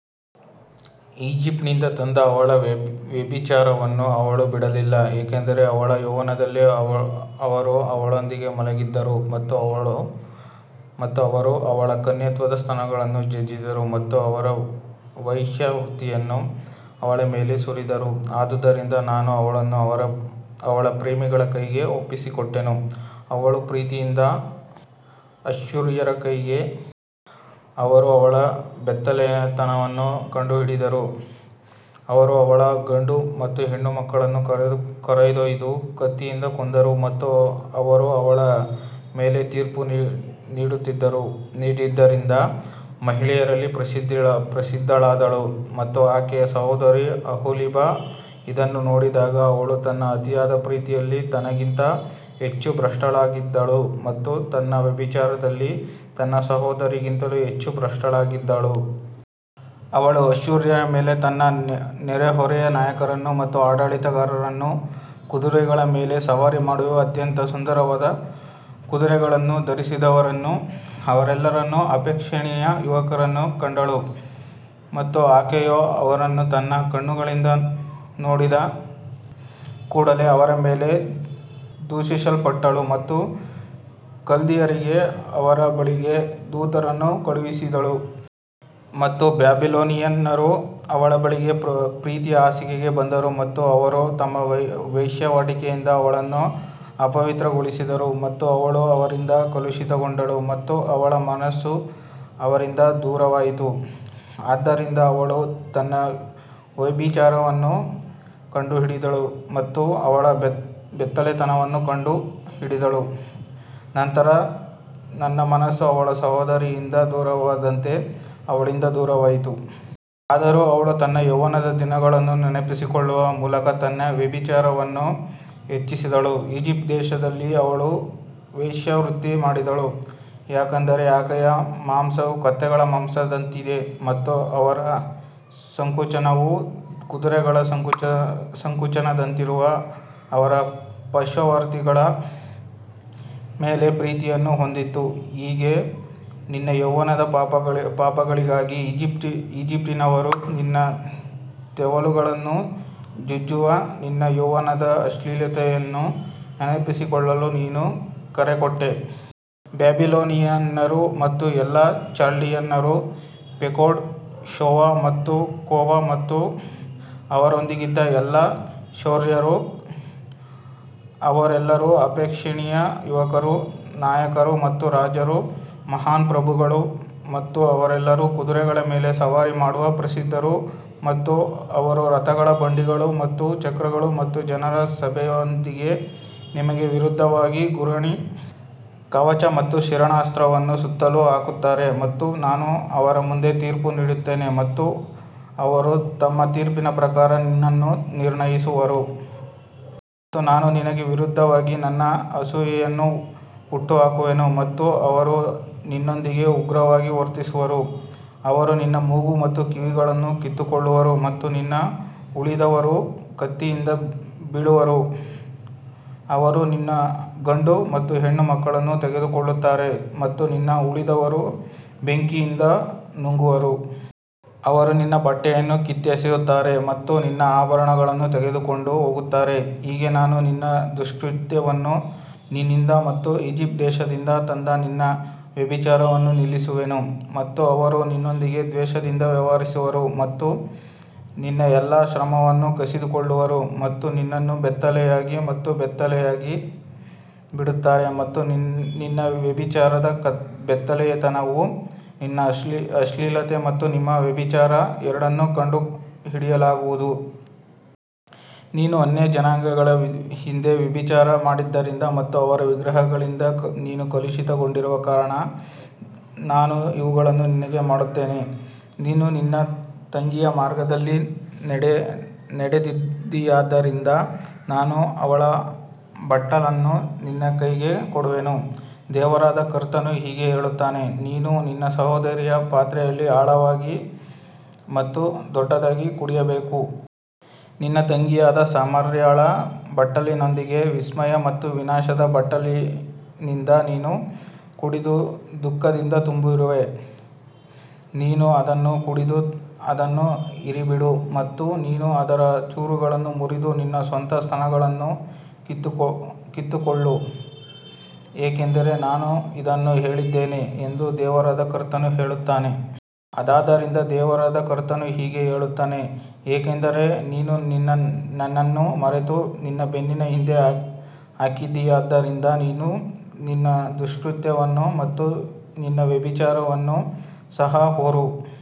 ಈಜಿಪ್ಟ್ನಿಂದ ತಂದ ಅವಳ ವ್ಯಭಿಚಾರವನ್ನು ಅವಳು ಬಿಡಲಿಲ್ಲ, ಏಕೆಂದರೆ ಅವಳ ಯೌವನದಲ್ಲಿ ಅವರು ಅವಳೊಂದಿಗೆ ಮಲಗಿದರು ಮತ್ತು ಅವರು ಅವಳ ಕನ್ಯತ್ವದ ಸ್ತನಗಳನ್ನು ಜಜ್ಜಿದರು ಮತ್ತು ಅವರ ವೇಶ್ಯಾವೃತ್ತಿಯನ್ನು ಅವಳ ಮೇಲೆ ಸುರಿದರು. ಆದದರಿಂದ ನಾನು ಅವಳನ್ನು ಅವಳ ಪ್ರೇಮಿಗಳ ಕೈಗೆ ಒಪ್ಪಿಸಿಕೊಟ್ಟೆನು, ಅವಳು ಪ್ರೀತಿಸಿದ ಅಶ್ಶೂರ್ಯರ ಕೈಗೆ. ಅವರು ಅವಳ ಬೆತ್ತಲೆತನವನ್ನು ಕಂಡುಹಿಡಿದರು, ಅವರು ಅವಳ ಗಂಡು ಮತ್ತು ಹೆಣ್ಣು ಮಕ್ಕಳನ್ನು ಕರೆದೊಯ್ದು ಕತ್ತಿಯಿಂದ ಕೊಂದರು ಮತ್ತು ಅವರು ಅವಳ ಮೇಲೆ ತೀರ್ಪು ನೀಡಿದ್ದರಿಂದ ಮಹಿಳೆಯರಲ್ಲಿ ಪ್ರಸಿದ್ಧಳಾದಳು. ಮತ್ತು ಆಕೆಯ ಸಹೋದರಿ ಅಹೋಲಿಬಾ ಇದನ್ನು ನೋಡಿದಾಗ ಅವಳು ತನ್ನ ಅತಿಯಾದ ಪ್ರೀತಿಯಲ್ಲಿ ತನಗಿಂತ ಹೆಚ್ಚು ಭ್ರಷ್ಟಳಾಗಿದ್ದಳು ಮತ್ತು ತನ್ನ ವ್ಯಭಿಚಾರದಲ್ಲಿ ತನ್ನ ಸಹೋದರಿಗಿಂತಲೂ ಹೆಚ್ಚು ಭ್ರಷ್ಟಳಾಗಿದ್ದಳು. ಅವಳು ಅಶ್ಶೂರ್ಯರ ಮೇಲೆ ತನ್ನ ನೆರೆಹೊರೆಯ ನಾಯಕರನ್ನು ಮತ್ತು ಆಡಳಿತಗಾರರನ್ನು, ಕುದುರೆಗಳ ಮೇಲೆ ಸವಾರಿ ಮಾಡುವ ಅತ್ಯಂತ ಸುಂದರವಾದ ಕುದುರೆಗಳನ್ನು ಧರಿಸಿದವರನ್ನು, ಅವರೆಲ್ಲರೂ ಅಪೇಕ್ಷಣೀಯ ಯುವಕರನ್ನು ಕಂಡಳು ಮತ್ತು ಆಕೆಯು ಅವರನ್ನು ತನ್ನ ಕಣ್ಣುಗಳಿಂದ ನೋಡಿದ ಕೂಡಲೆ ಅವರ ಮೇಲೆ ದೂಷಿಸಲ್ಪಟ್ಟಳು ಮತ್ತು ಕಲ್ದೀಯರಿಗೆ ಅವರ ಬಳಿಗೆ ದೂತರನ್ನು ಕಳುಹಿಸಿದಳು. ಮತ್ತು ಬ್ಯಾಬಿಲೋನಿಯನ್ನರು ಅವಳ ಬಳಿಗೆ ಪ್ರೀತಿಯ ಹಾಸಿಗೆಗೆ ಬಂದರು ಮತ್ತು ಅವರು ತಮ್ಮ ವೇಶ್ಯಾವಾಟಿಕೆಯಿಂದ ಅವಳನ್ನು ಅಪವಿತ್ರಗೊಳಿಸಿದರು ಮತ್ತು ಅವಳು ಅವರಿಂದ ಕಲುಷಿತಗೊಂಡಳು ಮತ್ತು ಅವಳ ಮನಸ್ಸು ಅವರಿಂದ ದೂರವಾಯಿತು. ಆದ್ದರಿಂದ ಅವಳು ತನ್ನ ವ್ಯಭಿಚಾರವನ್ನು ಕಂಡುಹಿಡಿದಳು ಮತ್ತು ಅವಳ ಬೆತ್ತಲೆತನವನ್ನು ಕಂಡುಹಿಡಿದಳು, ನಂತರ ನನ್ನ ಮನಸ್ಸು ಅವಳ ಸಹೋದರಿಯಿಂದ ದೂರವಾದಂತೆ ಅವಳಿಂದ ದೂರವಾಯಿತು. ಆದರೂ ಅವಳು ತನ್ನ ಯೌವನದ ದಿನಗಳನ್ನು ನೆನಪಿಸಿಕೊಳ್ಳುವ ಮೂಲಕ ತನ್ನ ವ್ಯಭಿಚಾರವನ್ನು ಹೆಚ್ಚಿಸಿದಳು, ಈಜಿಪ್ಟ್ ದೇಶದಲ್ಲಿ ಅವಳು ವೇಶ್ಯಾವೃತ್ತಿ ಮಾಡಿದಳು. ಯಾಕಂದರೆ ಆಕೆಯ ಮಾಂಸವು ಕತ್ತೆಗಳ ಮಾಂಸದಂತಿದೆ ಮತ್ತು ಅವರ ಸಂಕೋಚನವು ಕುದುರೆಗಳ ಸಂಕೋಚನದಂತಿರುವ ಅವರ ಪಾರ್ಶ್ವವರ್ತಿಗಳ ಮೇಲೆ ಪ್ರೀತಿಯನ್ನು ಹೊಂದಿತ್ತು. ಹೀಗೆ ನಿನ್ನ ಯೌವನದ ಪಾಪಗಳಿಗಾಗಿ ಈಜಿಪ್ಟಿನವರು ನಿನ್ನ ತೆವಲುಗಳನ್ನು ಜಜ್ಜುವ ನಿನ್ನ ಯೌವನದ ಅಶ್ಲೀಲತೆಯನ್ನು ನೆನಪಿಸಿಕೊಳ್ಳಲು ನೀನು ಕರೆಕೊಟ್ಟೆ. ಬ್ಯಾಬಿಲೋನಿಯನ್ನರು ಮತ್ತು ಎಲ್ಲಾ ಚಾಲ್ಡಿಯನ್ನರು, ಪೆಕೋಡ್, ಶೋವಾ ಮತ್ತು ಕೋವಾ ಮತ್ತು ಅವರೊಂದಿಗಿದ್ದ ಎಲ್ಲಾ ಅಶ್ಶೂರ್ಯರು, ಅವರೆಲ್ಲರೂ ಅಪೇಕ್ಷಣೀಯ ಯುವಕರು, ನಾಯಕರು ಮತ್ತು ರಾಜರು, ಮಹಾನ್ ಪ್ರಭುಗಳು, ಮತ್ತು ಅವರೆಲ್ಲರೂ ಕುದುರೆಗಳ ಮೇಲೆ ಸವಾರಿ ಮಾಡುವ ಪ್ರಸಿದ್ಧರು. ಮತ್ತು ಅವರು ರಥಗಳ ಬಂಡಿಗಳು ಮತ್ತು ಚಕ್ರಗಳು ಮತ್ತು ಜನರ ಸಭೆಯೊಂದಿಗೆ ನಿಮಗೆ ವಿರುದ್ಧವಾಗಿ ಗುರಾಣಿ, ಕವಚ ಮತ್ತು ಶಿರಸ್ತ್ರಾಣವನ್ನು ಸುತ್ತಲೂ ಹಾಕುತ್ತಾರೆ ಮತ್ತು ನಾನು ಅವರ ಮುಂದೆ ತೀರ್ಪು ನೀಡುತ್ತೇನೆ ಮತ್ತು ಅವರು ತಮ್ಮ ತೀರ್ಪಿನ ಪ್ರಕಾರ ನಿನ್ನನ್ನು ನಿರ್ಣಯಿಸುವರು. ಮತ್ತು ನಾನು ನಿನಗೆ ವಿರುದ್ಧವಾಗಿ ನನ್ನ ಅಸೂಯೆಯನ್ನು ಹುಟ್ಟುಹಾಕುವೆನು ಮತ್ತು ಅವರು ನಿನ್ನೊಂದಿಗೆ ಉಗ್ರವಾಗಿ ವರ್ತಿಸುವರು, ಅವರು ನಿನ್ನ ಮೂಗು ಮತ್ತು ಕಿವಿಗಳನ್ನು ಕಿತ್ತುಕೊಳ್ಳುವರು ಮತ್ತು ನಿಮ್ಮ ಉಳಿದವರು ಕತ್ತಿಯಿಂದ ಬೀಳುವರು, ಅವರು ನಿನ್ನ ಗಂಡು ಮತ್ತು ಹೆಣ್ಣು ಮಕ್ಕಳನ್ನು ತೆಗೆದುಕೊಳ್ಳುತ್ತಾರೆ ಮತ್ತು ನಿನ್ನ ಉಳಿದವರು ಬೆಂಕಿಯಿಂದ ನುಂಗುವರು. ಅವರು ನಿನ್ನ ಬಟ್ಟೆಗಳನ್ನು ಕಿತ್ತೆಸೆಯುತ್ತಾರೆ ಮತ್ತು ನಿನ್ನ ಆಭರಣಗಳನ್ನು ತೆಗೆದುಕೊಂಡು ಹೋಗುತ್ತಾರೆ, ಹೀಗೆ ನಾನು ನಿನ್ನ ದುಷ್ಕೃತ್ಯವನ್ನು ನಿನ್ನಿಂದ ಮತ್ತು ಈಜಿಪ್ಟ್ ದೇಶದಿಂದ ತಂದ ನಿನ್ನ ವ್ಯಭಿಚಾರವನ್ನು ನಿಲ್ಲಿಸುವೆನು. ಮತ್ತು ಅವರು ನಿನ್ನೊಂದಿಗೆ ದ್ವೇಷದಿಂದ ವ್ಯವಹರಿಸುವರು ಮತ್ತು ನಿನ್ನ ಎಲ್ಲಾ ಶ್ರಮವನ್ನು ಕಸಿದುಕೊಳ್ಳುವರು ಮತ್ತು ನಿನ್ನನ್ನು ಬೆತ್ತಲೆಯಾಗಿ ಮತ್ತು ಬೆತ್ತಲೆಯಾಗಿ ಬಿಡುತ್ತಾರೆ ಮತ್ತು ನಿನ್ನ ವ್ಯಭಿಚಾರದ ಬೆತ್ತಲೆತನವು ನಿನ್ನ ಅಶ್ಲೀಲತೆ ಮತ್ತು ನಿಮ್ಮ ವ್ಯಭಿಚಾರ ಎರಡನ್ನೂ ಕಂಡುಹಿಡಿಯಲಾಗುವುದು. ನೀನು ಅನ್ಯಜನಾಂಗಗಳ ಹಿಂದೆ ವ್ಯಭಿಚಾರ ಮಾಡಿದ್ದರಿಂದ ಮತ್ತು ಅವರ ವಿಗ್ರಹಗಳಿಂದ ನೀನು ಕಲುಷಿತಗೊಂಡಿರುವ ಕಾರಣ ನಾನು ಇವುಗಳನ್ನು ನಿನಗೆ ಮಾಡುತ್ತೇನೆ. ನೀನು ನಿನ್ನ ತಂಗಿಯ ಮಾರ್ಗದಲ್ಲಿ ನಡೆದಿದ್ದೀಯಾದ್ದರಿಂದ ನಾನು ಅವಳ ಬಟ್ಟಲನ್ನು ನಿನ್ನ ಕೈಗೆ ಕೊಡುವೆನು. ದೇವರಾದ ಕರ್ತನು ಹೀಗೆ ಹೇಳುತ್ತಾನೆ, ನೀನು ನಿನ್ನ ಸಹೋದರಿಯ ಪಾತ್ರೆಯಲ್ಲಿ ಆಳವಾಗಿ ಮತ್ತು ದೊಡ್ಡದಾಗಿ ಕುಡಿಯಬೇಕು. ನಿನ್ನ ತಂಗಿಯಾದ ಸಮಾರ್ಯಳ ಬಟ್ಟಲಿನೊಂದಿಗೆ ವಿಸ್ಮಯ ಮತ್ತು ವಿನಾಶದ ಬಟ್ಟಲಿನಿಂದ ನೀನು ಕುಡಿದು ದುಃಖದಿಂದ ತುಂಬಿರುವೆ. ನೀನು ಅದನ್ನು ಕುಡಿದು ಅದನ್ನು ಹೀರಿಬಿಡು ಮತ್ತು ನೀನು ಅದರ ಚೂರುಗಳನ್ನು ಮುರಿದು ನಿನ್ನ ಸ್ವಂತ ಸ್ತನಗಳನ್ನು ಕಿತ್ತುಕೊಳ್ಳು, ಏಕೆಂದರೆ ನಾನು ಇದನ್ನು ಹೇಳಿದ್ದೇನೆ ಎಂದು ದೇವರಾದ ಕರ್ತನು ಹೇಳುತ್ತಾನೆ. ಆದದರಿಂದ ದೇವರಾದ ಕರ್ತನು ಹೀಗೆ ಹೇಳುತ್ತಾನೆ, ಏಕೆಂದರೆ ನೀನು ನನ್ನನ್ನು ಮರೆತು ನಿನ್ನ ಬೆನ್ನಿನ ಹಿಂದೆ ಹಾಕಿದ್ದೀಯಾದ್ದರಿಂದ ನೀನು ನಿನ್ನ ದುಷ್ಕೃತ್ಯವನ್ನು ಮತ್ತು ನಿನ್ನ ವ್ಯಭಿಚಾರವನ್ನು ಸಹ ಹೊರು.